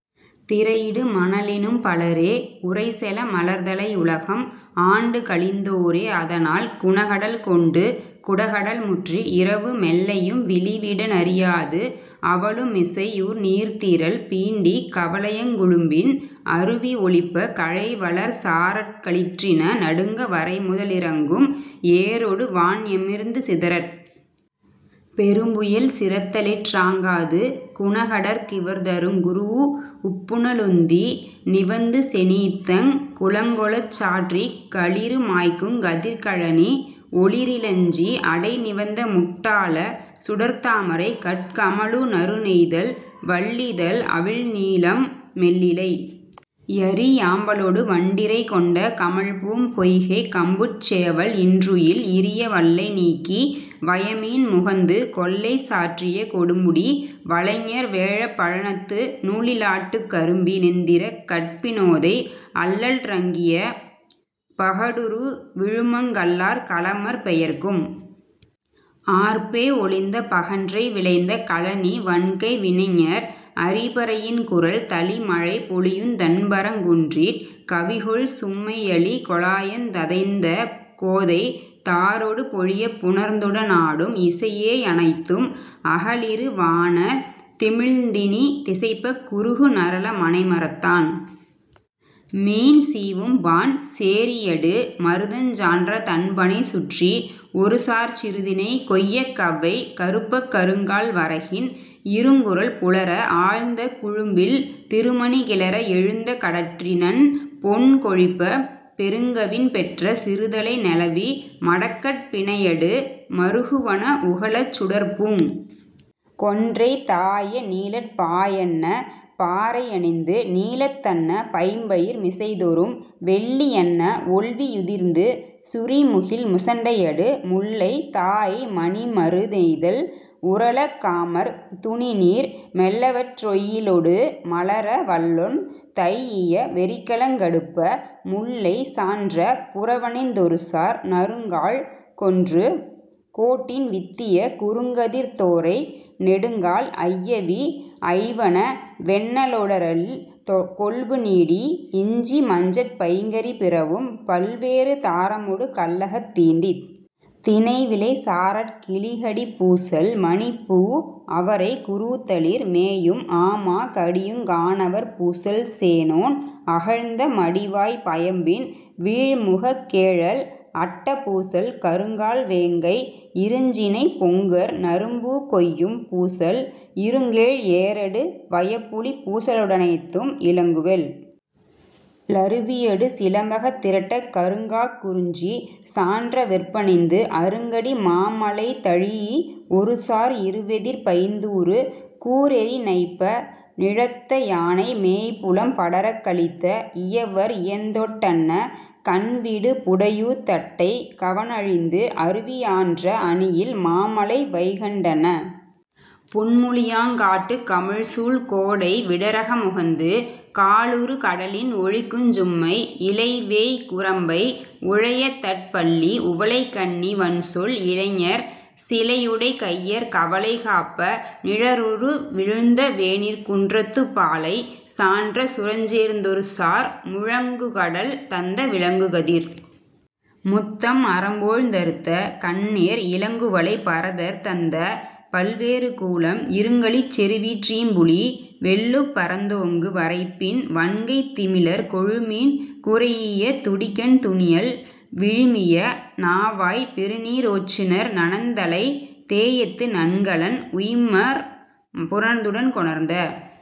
திரையிடு மணலினும் பலரே உரைசெல மலர்தலை யுலகம் ஆண்டுகழிந் தோரே அதனால், குணகடல் கொண்டு குடகடல்முற்றி இரவு மெல்லையும் விளிவிட னறியாது அவலு மிசையு நீர்த்திரள் பீண்டிக் கவலையங் குழும்பின் அருவி ஒலிப்பக் கழைவளர் சாரற் களிற்றின நடுங்க வரைமுத லிரங்கும் ஏறொடு வான்ஞெமிர்ந்து சிதரற் பெரும்பெயல் சிறத்தலிற் றாங்காது குணகடற் கிவர்தருங் குரூஉப்புன லுந்தி நிவந்துசெ னீத்தங் குளங்கொளச் சாற்றிக் களிறு மாய்க்குங் கதிர்க் கழனி ஒளி றிலஞ்சி அடை நிவந்த முட் டாள சுடர்த் தாமரை கட் கமழு நறு நெய்தல் வள் ளிதழ் அவிழ் நீலம் மெல் லிலை யரி யாம்பலொடு வண்டிறை கொண்ட கமழ்பூம் பொய்கைக் கம்புட் சேவல் இன்றுயில் இரிய வள்ளை நீக்கி வயமீன் முகந்து கொள்ளை சாற்றிய கொடுமுடி வலைஞர் வேழப் பழனத்து நூழி லாட்டுக் கரும்பி னெந்திரங் கட்பி னோதை அள்ளற் றங்கிய பகடுறு விழுமங் கள்ளார் களமர் பெயர்க்கும் ஆர்ப்பே ஒலிந்த பகன்றை விளைந்த கழனி வன்கை வினைஞர் அரிபறை யின்குரல் தளிமழை பொழியுந் தண்பரங் குன்றிற் கவிகொள் சும்மை யலிகொ ளாயந் ததைந்த கோதை தாரொடு பொலியப் புணர்ந்துட னாடும் இசையே யனைத்தும் அகலிரு வானத் திமிழ்ந்தினி திசைப்பக் குருகு நரல மனை மரத்தான் மீன் சீவும் பாண் சேரியடு மருதஞ் சான்ற தண்பணை சுற்றிஒருசார்ச் சிறுதினை கொய்யக் கவ்வை கறுப்பக் கருங்கால் வரகின் இருங்குரல் புலர ஆழ்ந்த குழும்பில் திருமணி கிளர எழுந்த கடற்றி னன்பொன் கொழிப்பப் பெருங்கவின் பெற்ற சிறுதலை நெளவி மடக்கட் பிணையடு மறுகுவன உகளச் சுடர்ப்பூங் கொன்றை தாஅய நீழற் பாஅ யன்ன பாறை யணிந்து நீலத் தன்ன பைம்பயிர் மிசைதொறும் வெள்ளி யன்ன வொள்வி யுதிர்ந்து சுரிமுகிழ் முசுண்டையடு முல்லை தாஅய் மணிமரு ணெய்தல் உறழக் காமர் துணிநீர் மெல்லவற் றொய்யிலொடு மலர வல்லொன் தைஇய வெறிக்களங் கடுப்ப முல்லை சான்ற புறவணிந் தொருசார் நறுங்காழ் கொன்று கோட்டின் வித்திய குறுங்கதிர்த் தோரை நெடுங்கால் ஐயவி ஐவன வெண்ணெலொ டரில்கொள்பு நீடி இஞ்சி மஞ்சட் பைங்கறி பிறவும் பல்வேறு தாரமொடு கல்லகத் தீண்டித். தினைவிளை சாரற் கிளிகடி பூசல் மணிப்பூ அவரைக் குரூஉத்தளிர் மேயும் ஆமா கடியுங் கானவர் பூசல் சேணோன் அகழ்ந்த மடிவாய்ப் பயம்பின் வீழ்முகக் கேழல் அட்ட பூசல் கருங்கால் வேங்கை இருஞ்சினைப் பொங்கர் நறும்பூக் கொய்யும் பூசல் இருங்கேழ் ஏறடு வயப்புலிப் பூசலொ டனைத்தும் இலங்குவெள் ளருவியடு சிலம்பகத் திரட்டக் கருங்காற் குறிஞ்சி சான்ற வெற்பணிந்து அருங்கடி மாமலை தழீஇ ஒருசார் இருவெதிர்ப் பைந்தூறு கூரெரி நைப்ப நிழத்த யானை மேய்புலம் படரக் கலித்த இயவர் இயந்தொட் டன்ன கண்விடு புடையூஉத் தட்டை கவினழிந்து அருவி யான்ற அணியில் மாமலை வைகண் டன்ன புன்முளி யங்காட்டுக் கமழ்சூழ் கோடை விடரக முகந்து காலுறு கடலின் ஒலிக்குஞ் சும்மை இலைவேய் குரம்பை உழையதட் பள்ளி உவலைக் கண்ணி வன்சொல் இளைஞர் சிலையுடைக் கையர் கவலை காப்ப நிழலுரு விழந்த வேனிற்குன் றத்துப் பாலை சான்ற சுரஞ்சேர்ந் தொருசார் முழங்குகடல் தந்த விளங்குகதிர் முத்தம் அரம்போழ்ந் தறுத்த கண்ணேர் இலங்குவளை பரதர் தந்த பல்வேறு கூலம் இருங்கழிச் செறுவிற் றீம்புளி வெள்ளுப்புப் பரந்தோங்கு வரைப்பின் வன்கைத் திமிலர் கொழுமீன் குறைஇய துடிக்கண் துணியல் விழுமிய நாவாய் பெருநீ ரோச்சுநர் நனந்தலை தேஎத்து நன்கலன் உய்ம்மார் புணர்ந்துடன் கொணர்ந்த